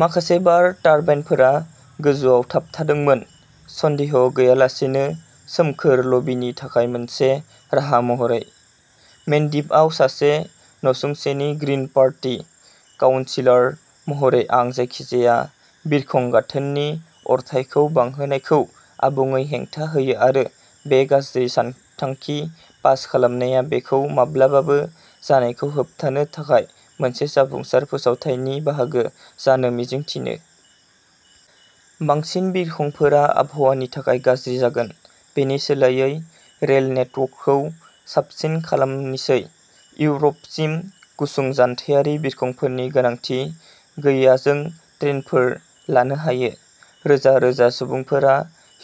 माखासे बार टारबाइनफोरा गोजौआव थाबथादोंमोन, सन्देह गैयालासेनो सोमखोर लबिनि थाखाय मोनसे राहा महरै। मेन्डिपआव सासे नसुंसेनि ग्रिन पार्टी काउनसिलर महरै आं जायखिजाया बिरखं गाथोननि अरथाइखौ बांहोनायखौ आबुङै हेंथा होयो आरो बे गाज्रि सानथांखि पास खालामनाया बेखौ माब्लाबाबो जानायखौ होबथानो थाखाय मोनसे जाफुंसार फोसावथायनि बाहागो जानो मिजिं थिनो। बांसिन बिरखंफोरा आबहावानि थाखाय गाज्रि जागोन। बेनि सोलायै रेल नेटवर्कखौ साबसिन खालामनिसै। इउर'पसिम गुसुं जानथायारि बिरखंफोरनि गोनांथि गैयाजों ट्रेनफोर लानो हायो! रोजा रोजा सुबुंफोरा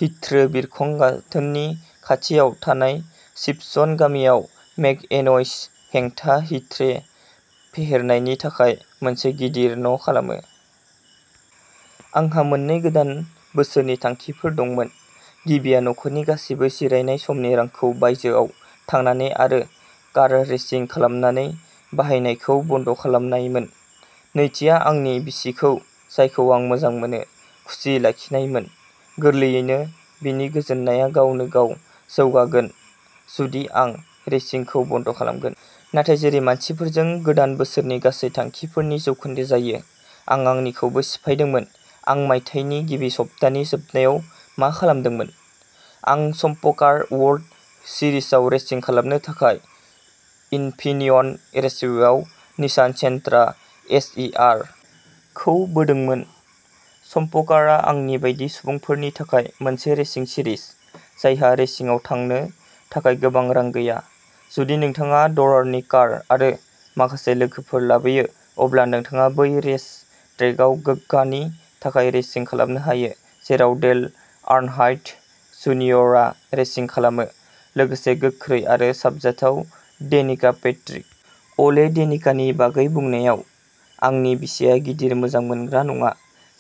हिथ्रो बिरखं गाथोननि खाथियाव थानाय सिपसन गामियाव "मेक ए न'इज" हेंथा हिथ्रो फेहेरनायनि थाखाय मोनसे गिदिर "न'" खालामो। आंहा मोननै गोदान बोसोरनि थांखिफोर दंमोन। गिबिया नखरनि गासिबो जिरायनाय समनि रांखौ बायजोआव थांनानै आरो कार रेसिं खालामनानै बाहायनायखौ बन्द'खालामनायमोन। नैथिआ आंनि बिसिखौ, जायखौ आं मोजां मोनो, खुसि लाखिनायमोन। गोरलैयैनो, बिनि गोजोननाया गावनो गाव जौगागोन जुदि आं रेसिंखौ बन्द'खालामगोन। नाथाय जेरै मानसिफोरजों गोदान बोसोरनि गासै थांखिफोरनि जौखोन्दो जायो, आं आंनिखौबो सिफायदोंमोन। आं मायथाइनि गिबि सप्तानि जोबनायाव मा खालामदोंमोन? आं चम्पकार वर्ल्ड सिरिजआव रेसिं खालामनो थाखाय इनफिनियन रेसवेआव Nissan Sentra S. E. -R. खौ बोदोंमोन। चम्पकारआ आंनि बायदि सुबुंफोरनि थाखाय मोनसे रेसिं सिरिज, जायहा रेसिंआव थांनो थाखाय गोबां रां गैया। जुदि नोंथाङा डलारनि कार आरो माखासे लोगोफोर लाबोयो, अब्ला नोंथाङा बै रेस ट्रेकआव गोग्गानि थाखाय रेसिं खालामनो हायो जेराव डेल आर्नहार्ड्ट, जुनियरआ रेसिं खालामो, लोगोसे गोख्रै आरो साबजाथाव डेनिका पैट्रिक। ओले डेनिकानि बागै बुंनायाव, आंनि बिसिआ गिदिर मोजां मोनग्रा नङा।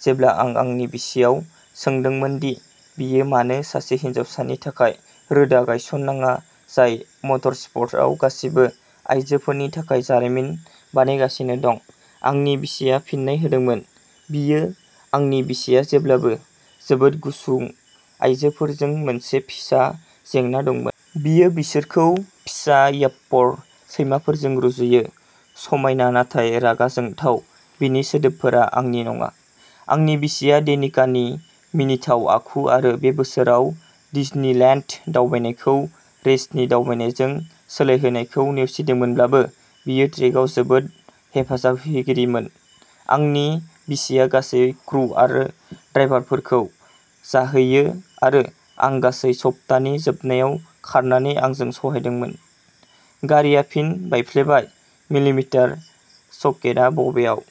जेब्ला आं आंनि बिसियाव सोंदोंमोन दि बियो मानो सासे हिनजावसानि थाखाय रोदा गायसनाङा जाय मटरस्प'र्टआव गासिबो आयजोफोरनि थाखाय जारिमिन बानायगासिनो दं, आंनि बिसिआ फिननाय होदोंमोन, "बियो "आंनि बिसिया जेब्लाबो जोबोद गुसुं आयजोफोरजों मोनसे फिसा जेंना दंमोन। बियो बिसोरखौ फिसा याप्पर सैमाफोरजों रुजुयो", समायना नाथाय रागा जोंथाव "-बिनि सोदोबफोरा आंनि नङा। आंनि बिसिया डेनिकानि मिनिथाव आखु आरो बे बोसोराव डिजनिलेन्ड दावबायनायखौ रेसनि दावबायनायजों सोलायहोनायखौ नेवसिदोंमोनब्लाबो, बियो ट्रेकआव जोबोद हेफाजाबगिरिमोन। आंनि बिसिया गासैबो क्रु आरो ड्राइभारफोरखौ जाहैयो आरो आं गासै सप्तानि जोबनायाव खारनानै आंजों सहायदोंमोन," गारिआ फिन बायफ्लेबाय, मिलिमिटार सकेटआ बबेयाव!